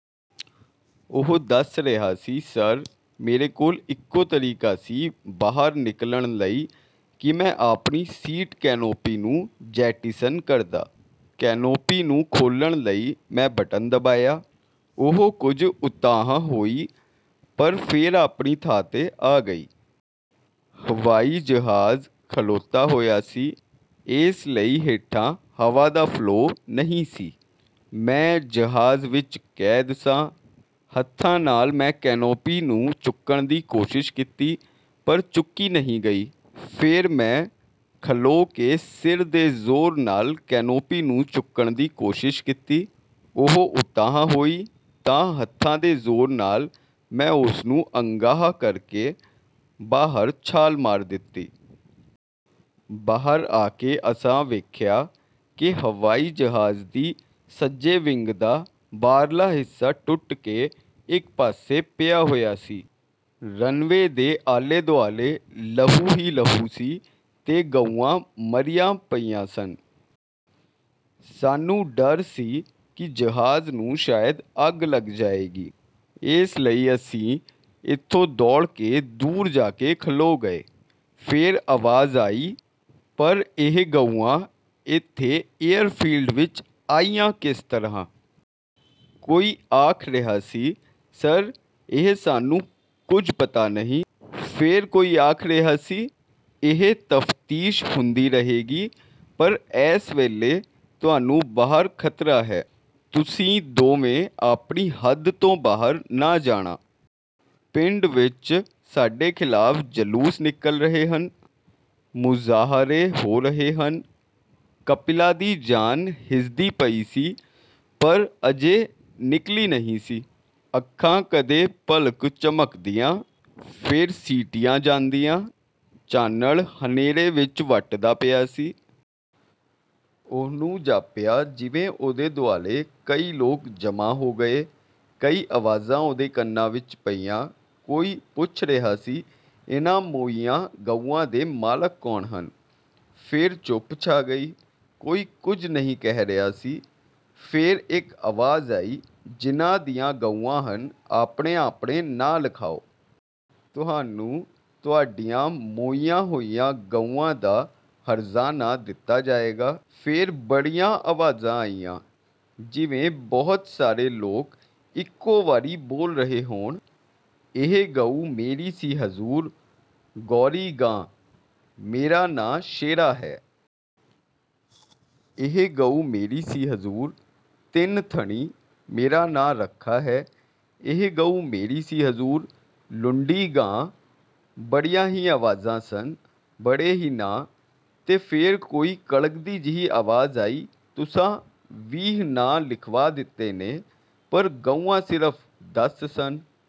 ਉਹ ਦੱਸ ਰਿਹਾ ਸੀ "ਸਰ! ਮੇਰੇ ਕੋਲ ਇਕੋ ਤਰੀਕਾ ਸੀ ਬਾਹਰ ਨਿਕਲਣ ਲਈ ਕਿ ਮੈਂ ਆਪਣੀ ਸੀਟ ਕੈਨੋਪੀ ਨੂੰ ਜੈਟੀਸਨ ਕਰਦਾ। ਕੈਨੋਪੀ ਨੂੰ ਖੋਲ੍ਹਣ ਲਈ ਮੈਂ ਬਟਨ ਦਬਾਇਆ, ਉਹ ਕੁਝ ਉਤਾਂਹ ਹੋਈ ਪਰ ਫੇਰ ਆਪਣੀ ਥਾਂ ਤੇ ਆ ਗਈ। ਹਵਾਈ ਜਹਾਜ਼ ਖਲੋਤਾ ਹੋਇਆ ਸੀ, ਇਸ ਲਈ ਹੇਠਾਂ ਹਵਾ ਦਾ ਫਲੋਅ ਨਹੀਂ ਸੀ। ਮੈਂ ਜਹਾਜ਼ ਵਿਚ ਕੈਦ ਸਾਂ। ਹੱਥਾਂ ਨਾਲ ਮੈਂ ਕੈਨੋਪੀ ਨੂੰ ਚੁੱਕਣ ਦੀ ਕੋਸ਼ਿਸ਼ ਕੀਤੀ ਪਰ ਚੁੱਕੀ ਨਹੀਂ ਗਈ। ਫੇਰ ਮੈਂ ਖਲੋ ਕੇ ਸਿਰ ਦੇ ਜ਼ੋਰ ਨਾਲ ਕੈਨੋਪੀ ਨੂੰ ਚੁੱਕਣ ਦੀ ਕੋਸ਼ਿਸ਼ ਕੀਤੀ, ਉਹ ਉਤਾਂਹ ਹੋਈ ਤਾਂ ਹੱਥਾਂ ਦੇ ਜ਼ੋਰ ਨਾਲ, ਮੈਂ ਉਸ ਨੂੰ ਅਗਾਂਹ ਕਰਕੇ ਬਾਹਰ ਛਾਲ ਮਾਰ ਦਿੱਤੀ। ਬਾਹਰ ਆ ਕੇ ਅਸਾਂ ਵੇਖਿਆ ਕਿ ਹਵਾਈ ਜਹਾਜ਼ ਦੀ ਸੱਜੇ ਵਿੰਗ ਦਾ, ਬਾਹਰਲਾ ਹਿੱਸਾ ਟੁੱਟ ਕੇ, ਇਕ ਪਾਸੇ ਪਿਆ ਹੋਇਆ ਸੀ। ਰਨ ਵੇ ਦੇ ਆਲੇ-ਦੁਆਲੇ, ਲਹੂ ਹੀ ਲਹੂ ਸੀ, ਤੇ ਗਊਆਂ ਮਰੀਆਂ ਪਈਆਂ ਸਨ। ਸਾਨੂੰ ਡਰ ਸੀ ਕਿ ਜਹਾਜ਼ ਨੂੰ ਸ਼ਾਇਦ ਅੱਗ ਲੱਗ ਜਾਏਗੀ, ਇਸ ਲਈ ਅਸੀਂ ਇਥੋਂ ਦੌੜ ਕੇ ਦੂਰ ਜਾ ਕੇ ਖਲੋ ਗਏ।" ਫੇਰ ਆਵਾਜ਼ ਆਈ "ਪਰ ਇਹ ਗਊਆਂ ਏਥੇ ਏਅਰ ਫੀਲਡ ਵਿਚ ਆਈਆਂ ਕਿਸ ਤਰ੍ਹਾਂ?" ਕੋਈ ਆਖ ਰਿਹਾ ਸੀ "ਸਰ! ਇਹ ਸਾਨੂੰ ਕੁਝ ਪਤਾ ਨਹੀਂ।" ਫੇਰ ਕੋਈ ਆਖ ਰਿਹਾ ਸੀ "ਇਹ ਤਫਤੀਸ਼ ਹੁੰਦੀ ਰਹੇਗੀ ਪਰ ਐਸ ਵੇਲੇ ਤੁਹਾਨੂੰ ਬਾਹਰ ਖ਼ਤਰਾ ਹੈ। ਤੁਸੀਂ ਦੋਵੇਂ ਆਪਣੀ ਹੱਦ ਤੋਂ ਬਾਹਰ ਨਾ ਜਾਣਾ। ਪਿੰਡ ਵਿਚ ਸਾਡੇ ਖ਼ਿਲਾਫ ਜਲੂਸ ਨਿਕਲ ਰਹੇ ਹਨ, ਮੁਜ਼ਾਹਰੇ ਹੋ ਰਹੇ ਹਨ।" ਕਪਿਲਾ ਦੀ ਜਾਨ ਹਿਸਦੀ ਪਈ ਸੀ ਪਰ ਅਜੇ ਨਿਕਲੀ ਨਹੀਂ ਸੀ। ਅੱਖਾਂ ਕਦੇ ਪਲ ਕੁ ਝਮਕਦੀਆਂ, ਫੇਰ ਮੀਟੀਆਂ ਜਾਂਦੀਆਂ। ਚਾਨਣ ਹਨੇਰੇ ਵਿਚ ਵਟਦਾ ਪਿਆ ਸੀ। ਉਹਨੂੰ ਜਾਪਿਆ ਜਿਵੇਂ ਉਹਦੇ ਦੁਆਲੇ ਕਈ ਲੋਕ ਜਮ੍ਹਾਂ ਹੋ ਗਏ। ਕਈ ਆਵਾਜ਼ਾਂ ਉਹਦੇ ਕੰਨਾਂ ਵਿਚ ਪਈਆਂ… ਕੋਈ ਪੁੱਛ ਰਿਹਾ ਸੀ "ਇਹਨਾਂ ਮੋਈਆਂ ਗਊਆਂ ਦੇ ਮਾਲਕ ਕੌਣ ਹਨ?" ਫੇਰ ਚੁੱਪ ਛਾ ਗਈ। ਕੋਈ ਕੁਝ ਨਹੀਂ ਕਹਿ ਰਿਹਾ ਸੀ… ਫੇਰ ਇਕ ਆਵਾਜ਼ ਆਈ "ਜਿਨ੍ਹਾਂ ਦੀਆਂ ਗਊਆਂ ਹਨ, ਆਪਣੇ ਆਪਣੇ ਨਾਂ ਲਿਖਾਉ! ਤੂਹਾਨੂੰ ਤੁਹਾਡੀਆਂ ਮੋਈਆਂ ਹੋਈਆਂ ਗਊਆਂ ਦਾ ਹਰਜ਼ਾਨਾ ਦਿੱਤਾ ਜਾਏਗਾ।" ਫੇਰ ਬੜੀਆਂ ਆਵਾਜ਼ਾਂ ਆਈਆਂ। ਜਿਵੇਂ ਬਹੁਤ ਸਾਰੇ ਲੋਕ ਇਕੋ ਵਾਰੀ ਬੋਲ ਰਹੇ ਹੋਣ। "ਇਹ ਗਊ ਮੇਰੀ ਸੀ ਹਜ਼ੂਰ! ਗੋਰੀ ਗਾਂ, ਮੇਰਾ ਨਾਂ ਸ਼ੇਰਾ ਹੈ।" "ਇਹ ਗਊ ਮੇਰੀ ਸੀ ਹਜ਼ੂਰ! ਤਿੰਨ ਥਣੀ ਮੇਰਾ ਨਾਂ ਰੱਖਾ ਹੈ।" "ਇਹ ਗਊ ਮੇਰੀ ਸੀ ਹਜ਼ੂਰ! ਲੁੰਡੀ ਗਾਂ।" ਬੜੀਆਂ ਹੀ ਆਵਾਜ਼ਾਂ ਸਨ, ਬੜੇ ਹੀ ਨਾਂ, ਤੇ ਫੇਰ ਕੋਈ ਕੜਕਦੀ ਜਿਹੀ ਆਵਾਜ਼ ਆਈ "ਤੁਸਾਂ ਵੀਹ ਨਾਂ ਲਿਖਵਾ ਦਿੱਤੇ ਨੇ, ਪਰ ਗਊਆਂ ਸਿਰਫ ਦਸ ਸਨ।